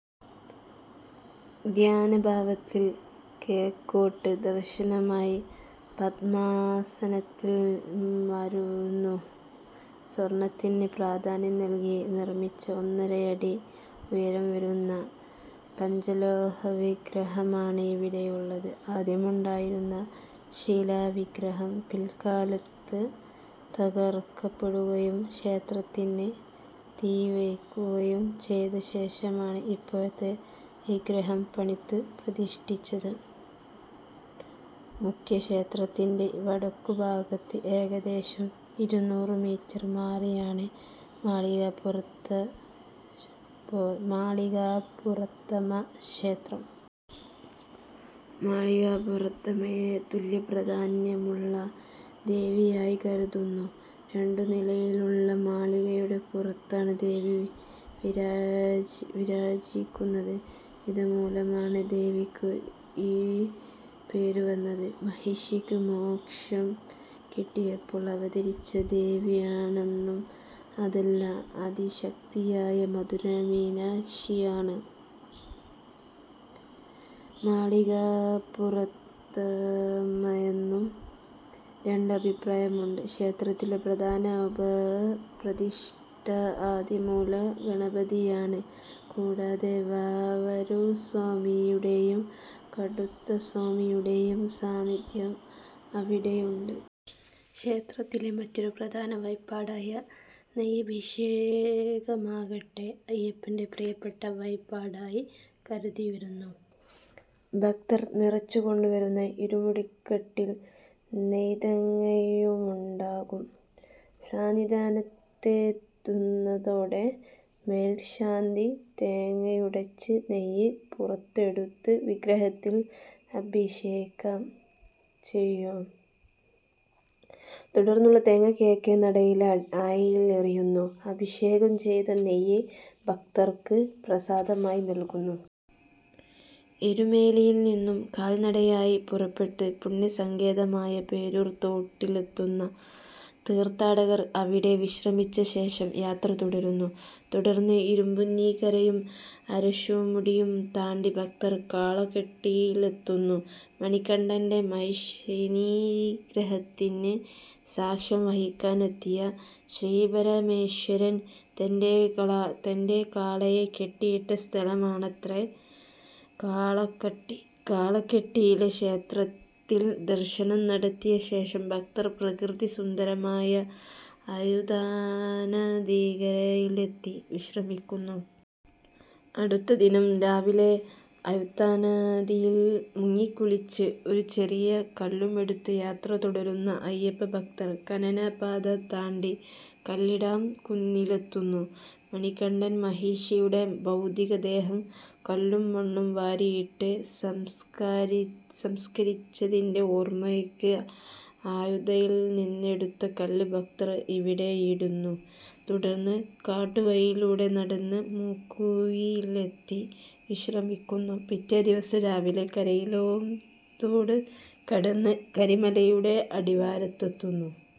ധ്യാനഭാവത്തിൽ കിഴക്കോട്ട് ദർശനമായി പദ്മാസനത്തിൽ മരുവുന്നു. സ്വർണ്ണത്തിന് പ്രാധാന്യം നൽകി നിർമ്മിച്ച ഒന്നരയടി ഉയരം വരുന്ന പഞ്ചലോഹവിഗ്രഹമാണ് ഇവിടെയുള്ളത്. ആദ്യമുണ്ടായിരുന്ന ശിലാവിഗ്രഹം പിൽക്കാലത്ത് തകർക്കപ്പെടുകയും ക്ഷേത്രത്തിന് തീവയ്ക്കുകയും ചെയ്തശേഷമാണ് ഇപ്പോഴത്തെ വിഗ്രഹം പണിത് പ്രതിഷ്ഠിച്ചത്. മുഖ്യ ക്ഷേത്രത്തിന്റെ വടക്കുഭാഗത്ത് ഏകദേശം ഇരുനൂറ് മീറ്റർ മാറിയാണ് മാളികപ്പുറത്തമ്മക്ഷേത്രം. മാളികപ്പുറത്തമ്മയെ തുല്യപ്രാധാന്യമുള്ള ദേവിയായി കരുതുന്നു. രണ്ടുനിലയിലുള്ള മാളികയുടെ പുറത്താണ് ദേവി വിരാജിക്കുന്നത്. ഇതുമൂലമാണ് ദേവിക്ക് ഈ പേരുവന്നത്. മഹിഷിക്ക് മോക്ഷം കിട്ടിയപ്പോൾ അവതരിച്ച ദേവിയാണെന്നും അതല്ല ആദിശക്തിയായ മധുര മീനാക്ഷിയാണ് മാളികപ്പുറത്തമ്മയെന്നും രണ്ട് അഭിപ്രായമുണ്ട്. ക്ഷേത്രത്തിലെ പ്രധാന ഉപപ്രതിഷ്ഠ ആദിമൂല ഗണപതിയാണ്. കൂടാതെ വാവരുസ്വാമിയുടെയും കടുത്തസ്വാമിയുടെയും സാന്നിദ്ധ്യവും അവിടെയുണ്ട്. ക്ഷേത്രത്തിലെ മറ്റൊരു പ്രധാന വഴിപാടായ നെയ്യഭിഷേകമാകട്ടെ അയ്യപ്പന്റെ പ്രിയപ്പെട്ട വഴിപാടായി കരുതിവരുന്നു. ഭക്തർ നിറച്ചുകൊണ്ടുവരുന്ന ഇരുമുടിക്കെട്ടിൽ നെയ്ത്തേങ്ങയുമുണ്ടാകും. സന്നിധാനത്തെത്തുന്നതോടെ മേൽശാന്തി തേങ്ങയുടച്ച് നെയ്യ് പുറത്തെടുത്ത് വിഗ്രഹത്തിൽ അഭിഷേകം ചെയ്യും. തുടർന്നുള്ള തേങ്ങ കിഴക്കേ നടയിലെ ആഴിയിൽ എറിയുന്നു. അഭിഷേകം ചെയ്ത നെയ്യ് ഭക്തർക്ക് പ്രസാദമായി നൽകുന്നു. എരുമേലിയിൽ നിന്നും കാൽനടയായി പുറപ്പെട്ട് പുണ്യസങ്കേതമായ പേരൂർ തോട്ടിലെത്തുന്ന തീർത്ഥാടകർ അവിടെ വിശ്രമിച്ചശേഷം യാത്ര തുടരുന്നു. തുടർന്ന് ഇരുമ്പൂന്നിക്കരയും അരശുമുടിയും താണ്ടി ഭക്തർ കാളകെട്ടിയിലെത്തുന്നു. മണികണ്ഠന്റെ മഹിഷീനിഗ്രഹത്തിന് സാക്ഷ്യം വഹിക്കാനെത്തിയ ശ്രീപരമേശ്വരൻ തന്റെ കാളയെ കെട്ടിയിട്ട സ്ഥലമാണത്രേ കാളകെട്ടി. കാളകെട്ടിയിലെ ക്ഷേത്രത്തിൽ ദർശനം നടത്തിയശേഷം ഭക്തർ പ്രകൃതിസുന്ദരമായ അഴുതാനദിക്കരയിലെത്തി വിശ്രമിക്കുന്നു. അടുത്തദിനം രാവിലെ അഴുതാനദിയിൽ മുങ്ങിക്കുളിച്ച് ഒരു ചെറിയ കല്ലുമെടുത്ത് യാത്ര തുടരുന്ന അയ്യപ്പഭക്തർ കാനനപാത താണ്ടി കല്ലിടാംകുന്നിലെത്തുന്നു. മണികണ്ഠൻ മഹിഷിയുടെ ഭൗതികദേഹം കല്ലും മണ്ണും വാരിയിട്ട് സംസ്ക്കരിച്ചതിന്റെ ഓർമ്മയ്ക്ക് അഴുതയിൽ നിന്നെടുത്ത കല്ല് ഭക്തർ ഇവിടെ ഇടുന്നു. തുടർന്ന് കാട്ടുവഴിയിലൂടെ നടന്ന് മുക്കുഴിയിലെത്തി വിശ്രമിക്കുന്നു. പിറ്റേദിവസം രാവിലെ കരിയിലാംതോടും കടന്ന് കരിമലയുടെ അടിവാരത്തെത്തുന്നു.